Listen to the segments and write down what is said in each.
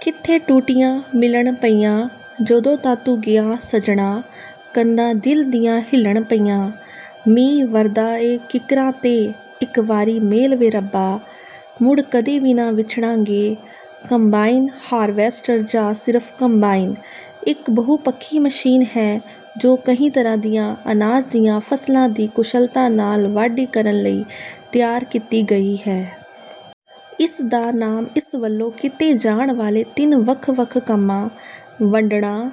ਕਿੱਥੇ ਟੁੱਟੀਆਂ ਮਿਲਣ ਪਈਆਂ, ਜਦੋਂ ਦਾ ਤੂੰ ਗਿਆ ਸੱਜਣਾ, ਕੰਧਾਂ ਦਿਲ ਦੀਆਂ ਹਿੱਲਣ ਪਈਆਂ। ਮੀਂਹ ਵਰਦਾ ਏ ਕਿੱਕਰਾਂ ’ਤੇ, ਇਕ ਵਾਰੀ ਮੇਲ ਵੇ ਰੱਬਾ, ਮੁੜ ਕਦੇ ਵੀ ਨਾ ਵਿਛੜਾਂਗੇ। ਕੰਬਾਈਨ ਹਾਰਵੈਸਟਰ, ਜਾਂ ਸਿਰਫ਼ ਕੰਬਾਈਨ, ਇੱਕ ਬਹੁਪੱਖੀ ਮਸ਼ੀਨ ਹੈ, ਜੋ ਕਈ ਤਰ੍ਹਾਂ ਦੀਆਂ ਅਨਾਜ ਦੀਆਂ ਫ਼ਸਲਾਂ ਦੀ ਕੁਸ਼ਲਤਾ ਨਾਲ ਵਾਢੀ ਕਰਨ ਲਈ ਤਿਆਰ ਕੀਤੀ ਗਈ ਹੈ। ਇਸ ਦਾ ਨਾਮ ਇਸ ਵੱਲੋਂ ਕੀਤੇ ਜਾਣ ਵਾਲੇ ਤਿੰਨ ਵੱਖ-ਵੱਖ ਕੰਮਾਂ—ਵੱਢਣਾ,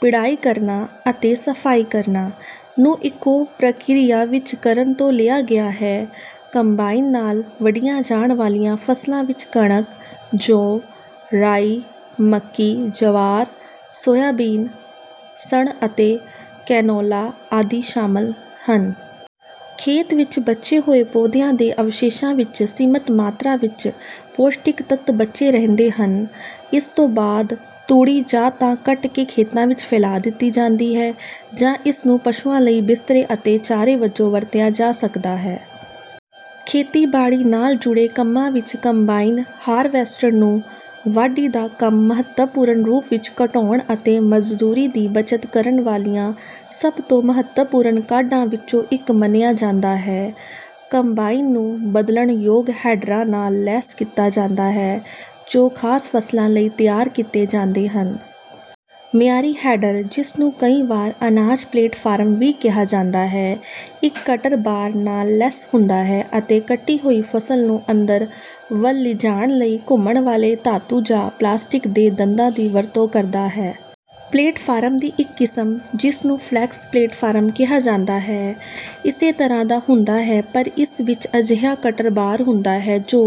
ਪਿੜਾਈ ਕਰਨਾ ਅਤੇ ਸਫ਼ਾਈ ਕਰਨਾ—ਨੂੰ ਇੱਕੋ ਪ੍ਰਕਿਰਿਆ ਵਿੱਚ ਕਰਨ ਤੋਂ ਲਿਆ ਗਿਆ ਹੈ। ਕੰਬਾਈਨ ਨਾਲ ਵੱਢੀਆਂ ਜਾਣ ਵਾਲੀਆਂ ਫ਼ਸਲਾਂ ਵਿੱਚ ਕਣਕ, ਜੌਂ, ਰਾਈ, ਮੱਕੀ, ਜਵਾਰ, ਸੋਇਆਬੀਨ, ਸਣ ਅਤੇ ਕੈਨੋਲਾ ਆਦਿ ਸ਼ਾਮਲ ਹਨ। ਖੇਤ ਵਿੱਚ ਬਚੇ ਹੋਏ ਪੌਦਿਆਂ ਦੇ ਅਵਸ਼ੇਸ਼ਾਂ ਵਿੱਚ ਸੀਮਤ ਮਾਤਰਾ ਵਿੱਚ ਪੌਸ਼ਟਿਕ ਤੱਤ ਬਚੇ ਰਹਿੰਦੇ ਹਨ। ਇਸ ਤੋਂ ਬਾਅਦ ਤੂੜੀ ਜਾਂ ਤਾਂ ਕੱਟ ਕੇ ਖੇਤਾਂ ਵਿੱਚ ਫੈਲਾ ਦਿੱਤੀ ਜਾਂਦੀ ਹੈ ਜਾਂ ਇਸ ਨੂੰ ਪਸ਼ੂਆਂ ਲਈ ਬਿਸਤਰੇ ਅਤੇ ਚਾਰੇ ਵਜੋਂ ਵਰਤਿਆ ਜਾ ਸਕਦਾ ਹੈ। ਖੇਤੀਬਾੜੀ ਨਾਲ ਜੁੜੇ ਕੰਮਾਂ ਵਿੱਚ ਕੰਬਾਈਨ ਹਾਰਵੈਸਟਰ ਨੂੰ ਵਾਢੀ ਦਾ ਕੰਮ ਮਹੱਤਵਪੂਰਨ ਰੂਪ ਵਿੱਚ ਘਟਾਉਣ ਅਤੇ ਮਜ਼ਦੂਰੀ ਦੀ ਬੱਚਤ ਕਰਨ ਵਾਲੀਆਂ ਸਭ ਤੋਂ ਮਹੱਤਵਪੂਰਨ ਕਾਢਾਂ ਵਿੱਚੋਂ ਇੱਕ ਮੰਨਿਆ ਜਾਂਦਾ ਹੈ। ਕੰਬਾਈਨ ਨੂੰ ਬਦਲਣਯੋਗ ਹੈਡਰਾਂ ਨਾਲ ਲੈਸ ਕੀਤਾ ਜਾਂਦਾ ਹੈ, ਜੋ ਖ਼ਾਸ ਫ਼ਸਲਾਂ ਲਈ ਤਿਆਰ ਕੀਤੇ ਜਾਂਦੇ ਹਨ। ਮਿਆਰੀ ਹੈਡਰ, ਜਿਸ ਨੂੰ ਕਈ ਵਾਰ ਅਨਾਜ ਪਲੇਟਫਾਰਮ ਵੀ ਕਿਹਾ ਜਾਂਦਾ ਹੈ, ਇੱਕ ਕਟਰ ਬਾਰ ਨਾਲ ਲੈਸ ਹੁੰਦਾ ਹੈ ਅਤੇ ਕੱਟੀ ਹੋਈ ਫ਼ਸਲ ਨੂੰ ਅੰਦਰ ਵੱਲ ਲਿਜਾਣ ਲਈ ਘੁੰਮਣ ਵਾਲੇ ਧਾਤੂ ਜਾਂ ਪਲਾਸਟਿਕ ਦੇ ਦੰਦਾਂ ਦੀ ਵਰਤੋਂ ਕਰਦਾ ਹੈ। ਪਲੇਟਫਾਰਮ ਦੀ ਇੱਕ ਕਿਸਮ, ਜਿਸ ਨੂੰ ਫਲੈਕਸ ਪਲੇਟਫਾਰਮ ਕਿਹਾ ਜਾਂਦਾ ਹੈ, ਇਸੇ ਤਰ੍ਹਾਂ ਦਾ ਹੁੰਦਾ ਹੈ, ਪਰ ਇਸ ਵਿੱਚ ਅਜਿਹਾ ਕਟਰ ਬਾਰ ਹੁੰਦਾ ਹੈ ਜੋ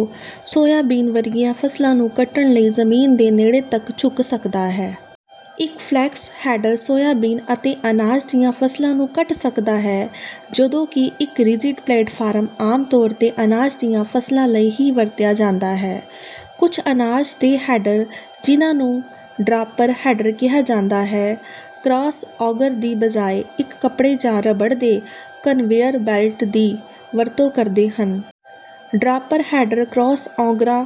ਸੋਇਆਬੀਨ ਵਰਗੀਆਂ ਫ਼ਸਲਾਂ ਨੂੰ ਕੱਟਣ ਲਈ ਜ਼ਮੀਨ ਦੇ ਨੇੜੇ ਤੱਕ ਝੁਕ ਸਕਦਾ ਹੈ। ਇੱਕ ਫਲੈਕਸ ਹੈਡਰ ਸੋਇਆਬੀਨ ਅਤੇ ਅਨਾਜ ਦੀਆਂ ਫ਼ਸਲਾਂ ਨੂੰ ਕੱਟ ਸਕਦਾ ਹੈ, ਜਦੋਂਕਿ ਇੱਕ ਰਿਜਿਡ ਪਲੇਟਫਾਰਮ ਆਮ ਤੌਰ ’ਤੇ ਅਨਾਜ ਦੀਆਂ ਫ਼ਸਲਾਂ ਲਈ ਹੀ ਵਰਤਿਆ ਜਾਂਦਾ ਹੈ। ਕੁਝ ਅਨਾਜ ਦੇ ਹੈਡਰ, ਜਿਨ੍ਹਾਂ ਨੂੰ ਡਰਾਪਰ ਹੈਡਰ ਕਿਹਾ ਜਾਂਦਾ ਹੈ, ਕ੍ਰਾਸ ਔਗਰ ਦੀ ਬਜਾਏ ਇੱਕ ਕੱਪੜੇ ਜਾਂ ਰਬੜ ਦੇ ਕਨਵੇਅਰ ਬੈਲਟ ਦੀ ਵਰਤੋਂ ਕਰਦੇ ਹਨ। ਡਰਾਪਰ ਹੈਡਰ ਕ੍ਰਾਸ ਔਗਰਾਂ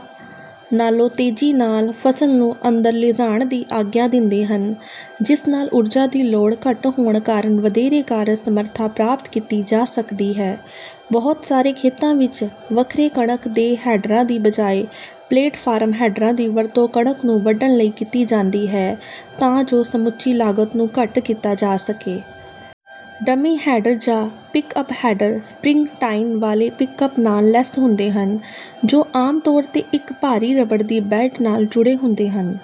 ਨਾਲੋਂ ਤੇਜ਼ੀ ਨਾਲ ਫ਼ਸਲ ਨੂੰ ਅੰਦਰ ਲਿਜਾਣ ਦੀ ਆਗਿਆ ਦਿੰਦੇ ਹਨ, ਜਿਸ ਨਾਲ ਊਰਜਾ ਦੀ ਲੋੜ ਘੱਟ ਹੋਣ ਕਾਰਨ ਵਧੇਰੇ ਕਾਰਜ-ਸਮਰੱਥਾ ਪ੍ਰਾਪਤ ਕੀਤੀ ਜਾ ਸਕਦੀ ਹੈ। ਬਹੁਤ ਸਾਰੇ ਖੇਤਾਂ ਵਿੱਚ, ਵੱਖਰੇ ਕਣਕ ਦੇ ਹੈਡਰਾਂ ਦੀ ਬਜਾਏ ਪਲੇਟਫਾਰਮ ਹੈਡਰਾਂ ਦੀ ਵਰਤੋਂ ਕਣਕ ਨੂੰ ਵੱਢਣ ਲਈ ਕੀਤੀ ਜਾਂਦੀ ਹੈ, ਤਾਂ ਜੋ ਸਮੁੱਚੀ ਲਾਗਤ ਨੂੰ ਘੱਟ ਕੀਤਾ ਜਾ ਸਕੇ। ਡਮੀ ਹੈਡਰ ਜਾਂ ਪਿਕਅੱਪ ਹੈਡਰ ਸਪ੍ਰਿੰਗ-ਟਾਈਨ ਵਾਲੇ ਪਿਕਅੱਪ ਨਾਲ ਲੈਸ ਹੁੰਦੇ ਹਨ, ਜੋ ਆਮ ਤੌਰ ’ਤੇ ਇੱਕ ਭਾਰੀ ਰਬੜ ਦੀ ਬੈਲਟ ਨਾਲ ਜੁੜੇ ਹੁੰਦੇ ਹਨ।